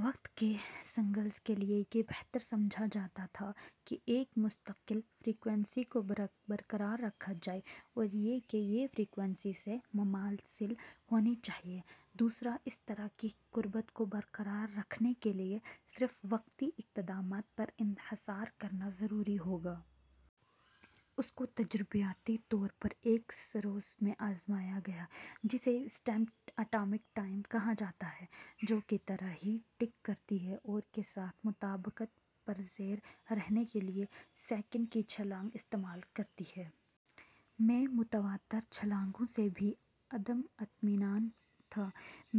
وقت کے سگنلز کے لیے یہ بہتر سمجھا جاتا تھا کہ ایک مستقل فریکوئنسی کو برقرار رکھا جائے اور یہ کہ یہ فریکوئنسی سے مماثل ہونی چاہیے۔ دوسرا اس طرح کی قربت کو برقرار رکھنے کے لیے صرف وقتی اقدامات پر انحصار کرنا ضروری ہوگا۔ اس کو تجرباتی طور پر ایک سروس میں آزمایا گیا جسے "اسٹیپڈ اٹامک ٹائم" کہا جاتا ہے، جو کی طرح ہی ٹک کرتی ہے اور کے ساتھ مطابقت پزیر رہنے کے لیے سیکنڈ کی چھلانگ استعمال کرتی ہے۔ ۔ میں متواتر چھلانگوں سے بھی عدم اطمینان تھا۔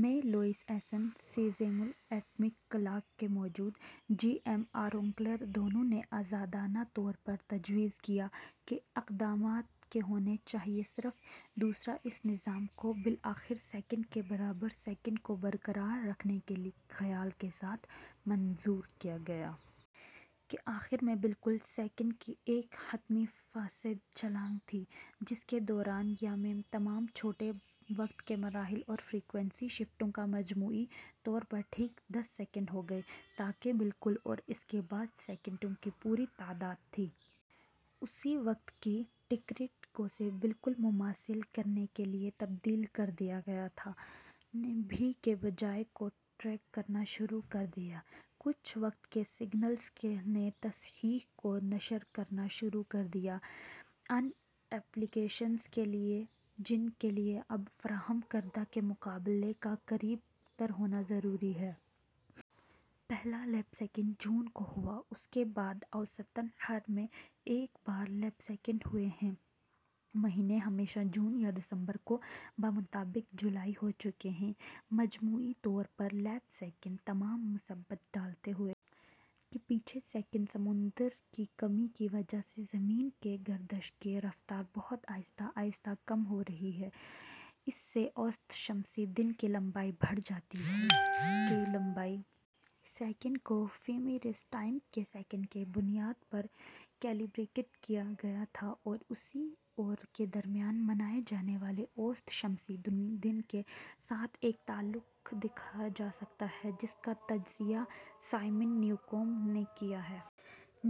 میں، Louis Essen, caesium atomic clock کے موجد اور جی۔ ایم۔ آر ونکلر دونوں نے آزادانہ طور پر تجویز کیا کہ اقدامات کے ہونے چاہئیں صرف دوسرا اس نظام کو بالآخر سیکنڈ کے برابر سیکنڈ کو برقرار رکھنے کے خیال کے ساتھ منظور کیا گیا۔ کے آخر میں، بالکل. سیکنڈز کی ایک حتمی فاسد چھلانگ تھی، جس سے کے دوران یا میں تمام چھوٹے وقت کے مراحل اور فریکوئنسی شفٹوں کا مجموعی طور پر ٹھیک دس سیکنڈ ہو گئے، تاکہ بالکل، اور اس کے بعد سیکنڈوں کی پوری تعداد تھی۔ اسی وقت، کی ٹک ریٹ کو سے بالکل مماثل کرنے کے لیے تبدیل کر دیا گیا تھا۔ نے بھی کی بجائے کو ٹریک کرنا شروع کر دیا۔ کچھ وقت کے سگنلز نے تصحیح کو نشر کرنا شروع کر دیا ان ایپلی کیشنز کے لیے جن کے لیے اب فراہم کردہ کے مقابلے کا قریب تر ہونا ضروری ہے۔ پہلا لیپ سیکنڈ جون کو ہوا۔ اس کے بعد سے، اوسطاً ہر میں ایک بار لیپ سیکنڈز ہوئے ہیں۔ مہینے، ہمیشہ جون یا دسمبر کو۔ بمطابق جولائی ، ہو چکے ہیں۔ مجموعی طور پر لیپ سیکنڈز، تمام مثبت، ڈالتے ہوئے۔ کے پیچھے سیکنڈ۔ سمندر کی کمی کی وجہ سے زمین کی گردش کی رفتار بہت آہستہ آہستہ کم ہو رہی ہے۔ اس سے اوسط شمسی دن کی لمبائی بڑھ جاتی ہے۔ کی لمبائی سیکنڈ کو فیمیرس ٹائم کے سیکنڈ کی بنیاد پر کیلیبریٹ کیا گیا تھا اور اب اسے اور کے درمیان منائے جانے والے اوسط شمسی دن کے ساتھ ایک تعلق دیکھا جا سکتا ہے، جس کا تجزیہ سائمن نیوکومب نے کیا ہے۔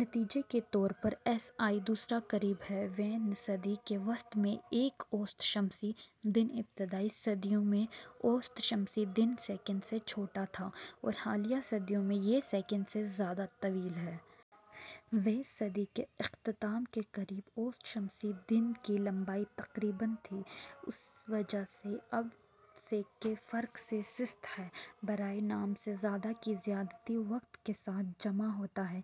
نتیجے کے طور پر، ایس آئی دوسرا قریب ہے / ویں صدی کے وسط میں ایک اوسط شمسی دن ابتدائی صدیوں میں، اوسط شمسی دن سیکنڈ سے چھوٹا تھا اور حالیہ صدیوں میں یہ سیکنڈ سے زیادہ طویل ہے۔ ویں صدی کے اختتام کے قریب، اوسط شمسی دن کی لمبائی تقریباً تھی۔ اس وجہ سے، اب سے کے فرق سے "سست" ہے۔ / برائے نام سے زیادہ کی زیادتی وقت کے ساتھ جمع ہوتا ہے،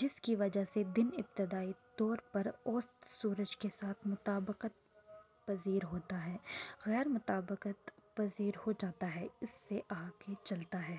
جس کی وجہ سے دن، ابتدائی طور پر اوسط سورج کے ساتھ مطابقت پزیر ہوتا ہے، غیر مطابقت پزیر ہو جاتا ہے اور اس سے آگے چلتا ہے۔